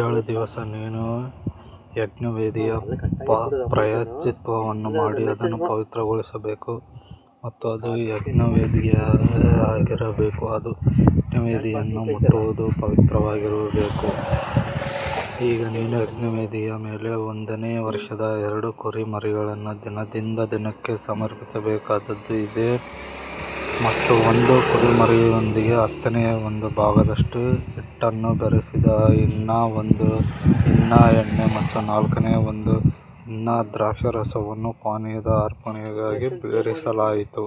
ಏಳು ದಿವಸ ನೀನು ಯಜ್ಞವೇದಿಯ ಪ್ರಾಯಶ್ಚಿತ್ತವನ್ನು ಮಾಡಿ ಅದನ್ನು ಪವಿತ್ರಗೊಳಿಸಬೇಕು ಮತ್ತು ಅದು ಯಜ್ಞವೇದಿಯಾಗಿರಬೇಕು ಅದು ಯಜ್ಞವೇದಿಯನ್ನು ಮುಟ್ಟುವದು ಪವಿತ್ರವಾಗಿರಬೇಕು. ಈಗ ನೀನು ಯಜ್ಞವೇದಿಯ ಮೇಲೆ ಒಂದನೇ ವರ್ಷದ ಎರಡು ಕುರಿಮರಿಗಳನ್ನು ದಿನದಿಂದ ದಿನಕ್ಕೆ ಸಮರ್ಪಿಸಬೇಕಾದದ್ದು ಇದೇ. ಮತ್ತು ಒಂದು ಕುರಿಮರಿಯೊಂದಿಗೆ ಹತ್ತನೆಯ ಒಂದು ಭಾಗದಷ್ಟು ಹಿಟ್ಟನ್ನು ಬೆರೆಸಿದ ಹಿನ್ನ ಒಂದು ಹಿನ್ನ ಎಣ್ಣೆ ಮತ್ತು ನಾಲ್ಕನೇ ಒಂದು ಹಿನ್ನ ದ್ರಾಕ್ಷಾರಸವನ್ನು ಪಾನೀಯದ ಅರ್ಪಣೆಗಾಗಿ ಬೆರೆಸಲಾಯಿತು.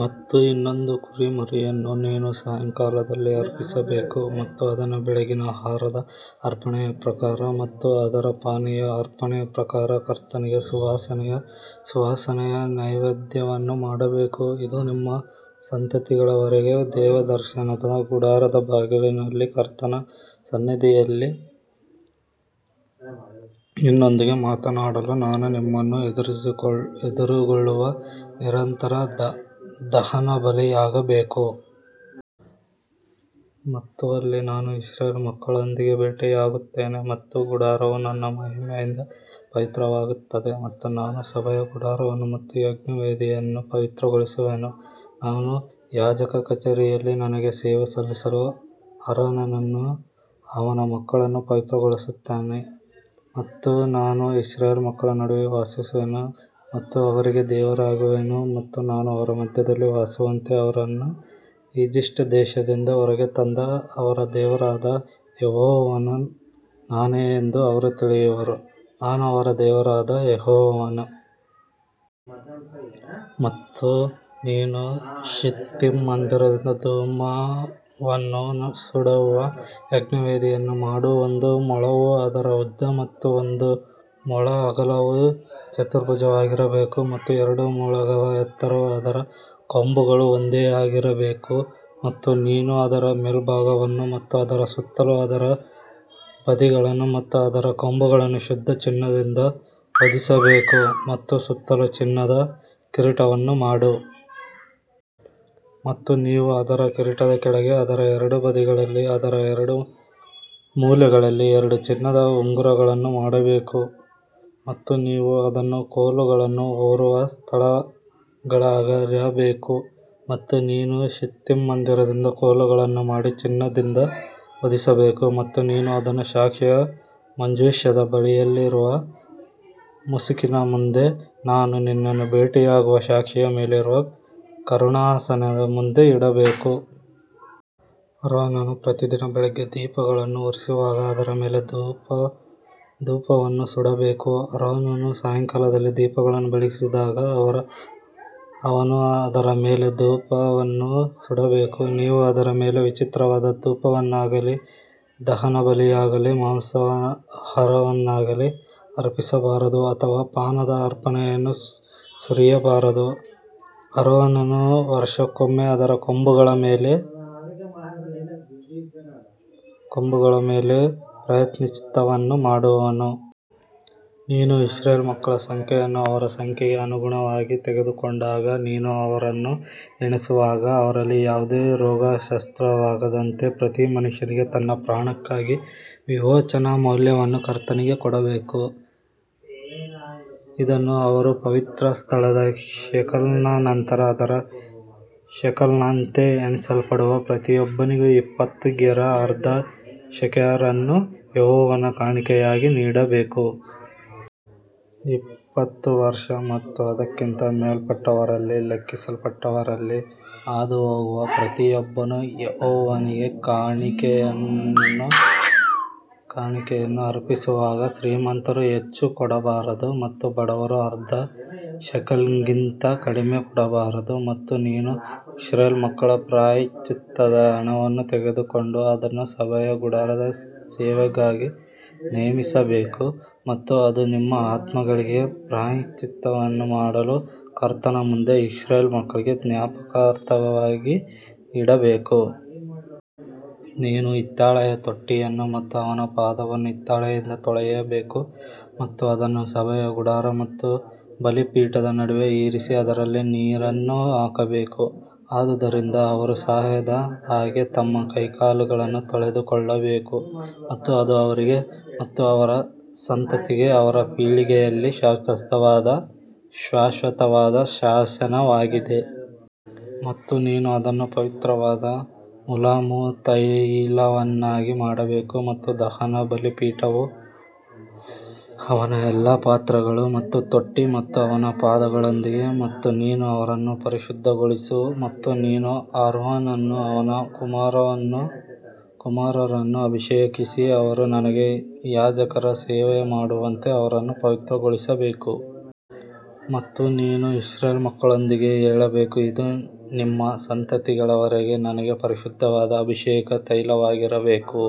ಮತ್ತು ಇನ್ನೊಂದು ಕುರಿಮರಿಯನ್ನು ನೀನು ಸಾಯಂಕಾಲದಲ್ಲಿ ಅರ್ಪಿಸಬೇಕು ಮತ್ತು ಅದನ್ನು ಬೆಳಗಿನ ಆಹಾರದ ಅರ್ಪಣೆಯ ಪ್ರಕಾರ ಮತ್ತು ಅದರ ಪಾನೀಯದ ಅರ್ಪಣೆಯ ಪ್ರಕಾರ ಕರ್ತನಿಗೆ ಸುವಾಸನೆಯ ಸುವಾಸನೆಯ ನೈವೇದ್ಯವನ್ನು ಮಾಡಬೇಕು. ಇದು ನಿಮ್ಮ ಸಂತತಿಗಳ ವರೆಗೆ ದೇವದರ್ಶನದ ಗುಡಾರದ ಬಾಗಿಲಲ್ಲಿ ಕರ್ತನ ಸನ್ನಿಧಿಯಲ್ಲಿ ನಿನ್ನೊಂದಿಗೆ ಮಾತನಾಡಲು ನಾನು ನಿಮ್ಮನ್ನು ಎದುರುಗೊಳ್ಳುವ ನಿರಂತರ ದಹನಬಲಿಯಾಗಬೇಕು. ಮತ್ತು ಅಲ್ಲಿ ನಾನು ಇಸ್ರಾಯೇಲ್ ಮಕ್ಕಳೊಂದಿಗೆ ಭೇಟಿಯಾಗುತ್ತೇನೆ ಮತ್ತು ಗುಡಾರವು ನನ್ನ ಮಹಿಮೆಯಿಂದ ಪವಿತ್ರವಾಗುತ್ತದೆ ಮತ್ತು ನಾನು ಸಭೆಯ ಗುಡಾರವನ್ನು ಮತ್ತು ಯಜ್ಞವೇದಿಯನ್ನು ಪವಿತ್ರಗೊಳಿಸುವೆನು ನಾನು ಯಾಜಕ ಕಚೇರಿಯಲ್ಲಿ ನನಗೆ ಸೇವೆ ಸಲ್ಲಿಸಲು ಆರೋನನನ್ನೂ ಅವನ ಮಕ್ಕಳನ್ನೂ ಪವಿತ್ರಗೊಳಿಸುತ್ತೇನೆ. ಮತ್ತು ನಾನು ಇಸ್ರಾಯೇಲ್ ಮಕ್ಕಳ ನಡುವೆ ವಾಸಿಸುವೆನು ಮತ್ತು ಅವರಿಗೆ ದೇವರಾಗಿರುವೆನು ಮತ್ತು ನಾನು ಅವರ ಮಧ್ಯದಲ್ಲಿ ವಾಸಿಸುವಂತೆ ಅವರನ್ನು ಈಜಿಪ್ಟ್ ದೇಶದಿಂದ ಹೊರಗೆ ತಂದ ಅವರ ದೇವರಾದ ಯೆಹೋವನು ನಾನೇ ಎಂದು ಅವರು ತಿಳಿಯುವರು, ನಾನು ಅವರ ದೇವರಾದ ಯೆಹೋವನು. ಮತ್ತು ನೀನು ಶಿತ್ತಿಮ್ ಮರದಿಂದ ಧೂಪವನ್ನು ಸುಡುವ ಯಜ್ಞವೇದಿಯನ್ನು ಮಾಡು. ಒಂದು ಮೊಳವು ಅದರ ಉದ್ದ ಮತ್ತು ಒಂದು ಮೊಳ ಅಗಲವು ಚತುರ್ಭುಜವಾಗಿರಬೇಕು ಮತ್ತು ಎರಡು ಮೊಳಗಳ ಎತ್ತರವು ಅದರ ಕೊಂಬುಗಳು ಒಂದೇ ಆಗಿರಬೇಕು. ಮತ್ತು ನೀನು ಅದರ ಮೇಲ್ಭಾಗವನ್ನು ಮತ್ತು ಅದರ ಸುತ್ತಲೂ ಅದರ ಬದಿಗಳನ್ನು ಮತ್ತು ಅದರ ಕೊಂಬುಗಳನ್ನು ಶುದ್ಧ ಚಿನ್ನದಿಂದ ಹೊದಿಸಬೇಕು ಮತ್ತು ಸುತ್ತಲೂ ಚಿನ್ನದ ಕಿರೀಟವನ್ನು ಮಾಡು. ಮತ್ತು ನೀವು ಅದರ ಕಿರೀಟದ ಕೆಳಗೆ ಅದರ ಎರಡು ಬದಿಗಳಲ್ಲಿ ಅದರ ಎರಡು ಮೂಲೆಗಳಲ್ಲಿ ಎರಡು ಚಿನ್ನದ ಉಂಗುರಗಳನ್ನು ಮಾಡಬೇಕು ಮತ್ತು ನೀವು ಅದನ್ನು ಕೋಲುಗಳನ್ನು ಹೊರುವ ಸ್ಥಳಗಳಾಗಿರಬೇಕು. ಮತ್ತು ನೀನು ಶಿತ್ತಿಮ್ ಮರದಿಂದ ಕೋಲುಗಳನ್ನು ಮಾಡಿ ಚಿನ್ನದಿಂದ ಹೊದಿಸಬೇಕು ಮತ್ತು ನೀನು ಅದನ್ನು ಸಾಕ್ಷಿಯ ಮಂಜೂಷದ ಬಳಿಯಲ್ಲಿರುವ ಮುಸುಕಿನ ಮುಂದೆ ನಾನು ನಿನ್ನನ್ನು ಭೇಟಿಯಾಗುವ ಸಾಕ್ಷಿಯ ಮೇಲಿರುವ ಕರುಣಾಾಸನದ ಮುಂದೆ ಇಡಬೇಕು. ಆರೋನನು ಪ್ರತಿದಿನ ಬೆಳಿಗ್ಗೆ ದೀಪಗಳನ್ನು ಉರಿಸುವಾಗ ಅದರ ಮೇಲೆ ಧೂಪವನ್ನು ಸುಡಬೇಕು. ಆರೋನನು ಸಾಯಂಕಾಲದಲ್ಲಿ ದೀಪಗಳನ್ನು ಬೆಳಗಿಸಿದಾಗ ಅವನು ಅದರ ಮೇಲೆ ಧೂಪವನ್ನು ಸುಡಬೇಕು. ನೀವು ಅದರ ಮೇಲೆ ವಿಚಿತ್ರವಾದ ಧೂಪವನ್ನಾಗಲಿ ದಹನಬಲಿಯಾಗಲಿ ಮಾಂಸಾಹಾರವನ್ನಾಗಲಿ ಅರ್ಪಿಸಬಾರದು ಅಥವಾ ಪಾನದ ಅರ್ಪಣೆಯನ್ನು ಸುರಿಯಬಾರದು. ಆರೋನನು ವರುಷಕ್ಕೊಮ್ಮೆ ಅದರ ಕೊಂಬುಗಳ ಮೇಲೆ ಪ್ರಾಯಶ್ಚಿತ್ತವನ್ನು ಮಾಡುವನು. ನೀನು ಇಸ್ರಾಯೇಲ್ ಮಕ್ಕಳ ಸಂಖ್ಯೆಯನ್ನು ಅವರ ಸಂಖ್ಯೆಗೆ ಅನುಗುಣವಾಗಿ ತೆಗೆದುಕೊಂಡಾಗ ನೀನು ಅವರನ್ನು ಎಣಿಸುವಾಗ ಅವರಲ್ಲಿ ಯಾವುದೇ ರೋಗಗ್ರಸ್ತವಾಗದಂತೆ ಪ್ರತಿ ಮನುಷ್ಯನಿಗೆ ತನ್ನ ಪ್ರಾಣಕ್ಕಾಗಿ ವಿಮೋಚನಾ ಮೌಲ್ಯವನ್ನು ಕರ್ತನಿಗೆ ಕೊಡಬೇಕು. ಇದನ್ನು ಅವರು ಪವಿತ್ರಸ್ಥಳದ ಶೇಕೆಲ್ನ ನಂತರ ಅರ್ಧ ಶೆಕೆಲ್ನಂತೆ ಎಣಿಸಲ್ಪಡುವ ಪ್ರತಿಯೊಬ್ಬನಿಗೆ ಇಪ್ಪತ್ತು ಗೇರಾ ಅರ್ಧ ಶೆಕೆಲ್ ಅನ್ನು ಯೆಹೋವನ ಕಾಣಿಕೆಯಾಗಿ ನೀಡಬೇಕು. ಇಪ್ಪತ್ತು ವರ್ಷ ಮತ್ತು ಅದಕ್ಕಿಂತ ಮೇಲ್ಪಟ್ಟವರಲ್ಲಿ ಲೆಕ್ಕಿಸಲ್ಪಟ್ಟವರಲ್ಲಿ ಹಾದುಹೋಗುವ ಪ್ರತಿಯೊಬ್ಬನು ಯೆಹೋವನಿಗೆ ಕಾಣಿಕೆಯನ್ನು ಕೊಡಬೇಕು. ನಿಮ್ಮ ಪ್ರಾಣಗಳಿಗೆ ಪ್ರಾಯಶ್ಚಿತ್ತ ಮಾಡಿಕೊಳ್ಳಲು ಕರ್ತನಿಗೆ ಕಾಣಿಕೆಯನ್ನು ಅರ್ಪಿಸುವಾಗ ಶ್ರೀಮಂತರು ಹೆಚ್ಚು ಕೊಡಬಾರದು ಮತ್ತು ಬಡವರು ಅರ್ಧ ಶೇಕೆಲ್ಗಿಂತ ಕಡಿಮೆ ಕೊಡಬಾರದು. ಮತ್ತು ನೀನು ಇಸ್ರಾಯೇಲ್ ಮಕ್ಕಳ ಪ್ರಾಯಶ್ಚಿತ್ತದ ಹಣವನ್ನು ತೆಗೆದುಕೊಂಡು ಅದನ್ನು ಸಭೆಯ ಗುಡಾರದ ಸೇವೆಗಾಗಿ ನೇಮಿಸಬೇಕು ಮತ್ತು ಅದು ನಿಮ್ಮ ಆತ್ಮಗಳಿಗೆ ಪ್ರಾಯಶ್ಚಿತ್ತವನ್ನು ಮಾಡಲು ಕರ್ತನ ಮುಂದೆ ಇಸ್ರಾಯೇಲ್ ಮಕ್ಕಳಿಗೆ ಜ್ಞಾಪಕಾರ್ಥವಾಗಿ ಇಡಬೇಕು. ನೀನು ಹಿತ್ತಾಳೆಯ ತೊಟ್ಟಿಯನ್ನು ಮತ್ತು ಅವನ ಪಾದವನ್ನು ಹಿತ್ತಾಳೆಯಿಂದ ತೊಳೆಯಬೇಕು ಮತ್ತು ಅದನ್ನು ಸಭೆಯ ಗುಡಾರ ಮತ್ತು ಬಲಿಪೀಠದ ನಡುವೆ ಇರಿಸಿ ಅದರಲ್ಲಿ ನೀರನ್ನು ಹಾಕಬೇಕು. ಆದುದರಿಂದ ಅವರು ಸಾಯದ ಹಾಗೆ ತಮ್ಮ ಕೈಕಾಲುಗಳನ್ನು ತೊಳೆದುಕೊಳ್ಳಬೇಕು ಮತ್ತು ಅದು ಅವರಿಗೆ ಮತ್ತು ಅವರ ಸಂತತಿಗೆ ಅವರ ಪೀಳಿಗೆಯಲ್ಲಿ ಶಾಶ್ವತವಾದ ಶಾಸನವಾಗಿದೆ. ಮತ್ತು ನೀನು ಅದನ್ನು ಪವಿತ್ರವಾದ ಮುಲಾಮು ತೈಲವನ್ನಾಗಿ ಮಾಡಬೇಕು ಮತ್ತು ದಹನ ಬಲಿಪೀಠವು ಅವನ ಎಲ್ಲಾ ಪಾತ್ರೆಗಳು ಮತ್ತು ತೊಟ್ಟಿ ಮತ್ತು ಅವನ ಪಾದಗಳೊಂದಿಗೆ ಮತ್ತು ನೀನು ಅವರನ್ನು ಪರಿಶುದ್ಧಗೊಳಿಸು ಮತ್ತು ನೀನು ಆರೋನನನ್ನೂ ಅವನ ಕುಮಾರರನ್ನೂ ಅಭಿಷೇಕಿಸಿ ಅವರು ನನಗೆ ಯಾಜಕರ ಸೇವೆಮಾಡುವಂತೆ ಅವರನ್ನು ಪವಿತ್ರಗೊಳಿಸಬೇಕು. ಮತ್ತು ನೀನು ಇಸ್ರಾಯೇಲ್ ಮಕ್ಕಳೊಂದಿಗೆ ಹೇಳಬೇಕು ಇದು ನಿಮ್ಮ ಸಂತತಿಗಳ ವರೆಗೆ ನನಗೆ ಪರಿಶುದ್ಧವಾದ ಅಭಿಷೇಕ ತೈಲವಾಗಿರಬೇಕು.